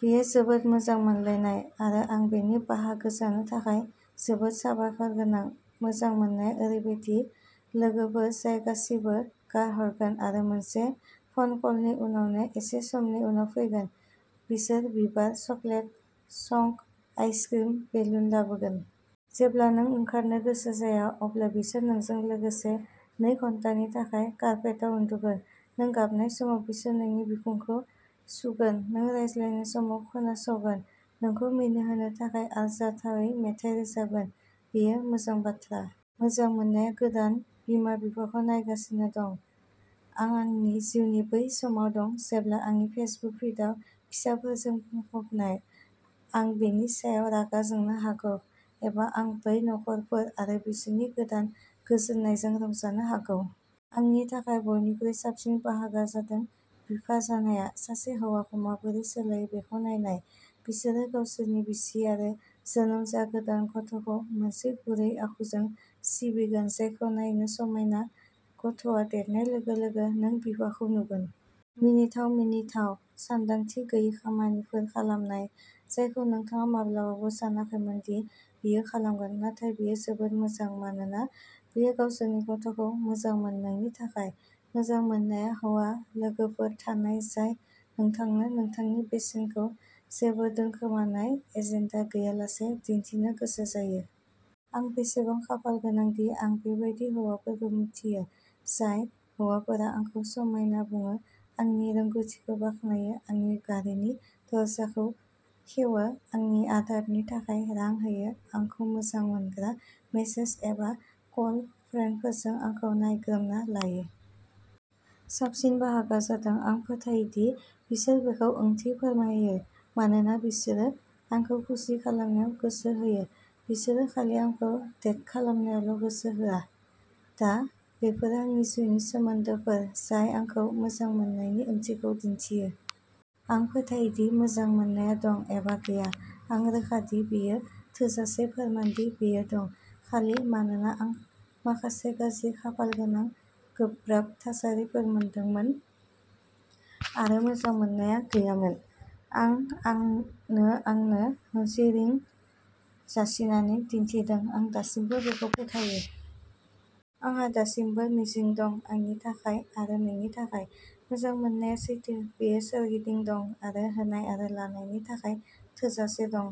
बेयो जोबोद मोजां मोनलायनाय, आरो आं बेनि बाहागो जानो थाखाय जोबोद साबायखरगोनां। मोजां मोननाया ओरैबायदि लोगोफोर जाय गासिबो गारहरगोन आरो मोनसे फन कलनि उनावनो एसे समनि उनाव फैगोन। बिसोर बिबार, चकलेट चंक आइसक्रिम, बेलुन लाबोगोन। जेब्ला नों ओंखारनो गोसो जाया अब्ला बिसोर नोंजों लोगोसे नै घन्टानि थाखाय कार्पेटाव उन्दुगोन। नों गाबनाय समाव बिसोर नोंनि बिखुंखौ सुगोन, नों रायज्लायनाय समाव खोनासगोन, नोंखौ मिनिहोनो थाखाय आरजाथावै मेथाइ रोजाबगोन। बेयो मोजां बाथ्रा। मोजां मोननाया गोदान बिमा-बिफाखौ नायगासिनो दं। आं आंनि जिउनि बै समाव दं जेब्ला आंनि फेसबुक फिडआ फिसाफोरजों बुंफबनाय। आं बेनि सायाव रागा जोंनो हागौ, एबा आं बै नखरफोर आरो बिसोरनि गोदान गोजोननायजों रंजानो हागौ। आंनि थाखाय बयनिख्रुइ साबसिन बाहागोआ जादों बिफा जानाया सासे हौवाखौ माबोरै सोलायो बेखौ नायनाय। बिसोरो गावसोरनि बिसि आरो जोनोम जागोदान गथ'खौ मोनसे गुरै आखुजों सिबिगोन जायखौ नायनो समायना। गथ'आ देरनाय लोगो लोगो नों बिफाखौ नुगोन। मिनिथाव, मिनिथाव, सानदांथि गैयै खामानिफोर खालामनाय जायखौ नोंथाङा माब्लाबाबो सानाखैमोन दि बियो खालामगोन। नाथाय बेयो जोबोद मोजां, मानोना बेयो गावसोरनि गथ'खौ मोजां मोननायनि थाखाय। मोजां मोननाया हौवा लोगोफोर थानाय, जाय नोंथांनो नोंथांनि बेसेनखौ जेबो दोनखोमानाय एजेन्डा गैयालासे दिन्थिनो गोसो जायो। आं बेसेबां खाफालगोनांदि आं बेबादि हौवाफोरखौ मिन्थियो। जाय हौवाफोरा आंखौ समायना बुङो, आंनि रोंग'थिखौ बाख्नायो, आंनि गारिनि दरजाखौ खेवो, आंनि आदारनि थाखाय रां होयो, आंखौ मोजां मोनग्रा मेसेज एबा कल-फ्रेन्डफोरजों आंखौ नायग्रोमना लायो। साबसिन बाहागोआ जादों, आं फोथायो दि बिसोर बेखौ ओंथि फोरमायो मानोना बिसोरो आंखौ खुसि खालामनायाव गोसो होयो-बिसोरो खालि आंखौ डेट खालामनायावल' गोसो होआ। दा, बेफोरो आंनि जिउनि सोमोन्दोफोर जाय आंखौ मोजां मोननायनि ओंथिखौ दिन्थियो। आं फोथायो दि मोजां मोननाया दं, एबा गैया। आं रोखा दि बेयो थोजासे फोरमान दि बेयो दं। खालि मानोना आं माखासे गाज्रि खाफालगोनां, गोब्राब थासारिफोर मोनदोंमोन, आरो मोजां मोननाया गैयामोन। आं आंनो आंनो मोनसे रिं जासिनानै दिन्थिदों, आं दासिमबो बेखौ फोथायो। आंहा दासिमबो मिजिं दं, आंनि थाखाय आरो नोंनि थाखाय। मोजां मोननाया सैथो, बेयो सोरगिदिं दं, आरो होनाय आरो लानायनि थाखाय थोजासे दं।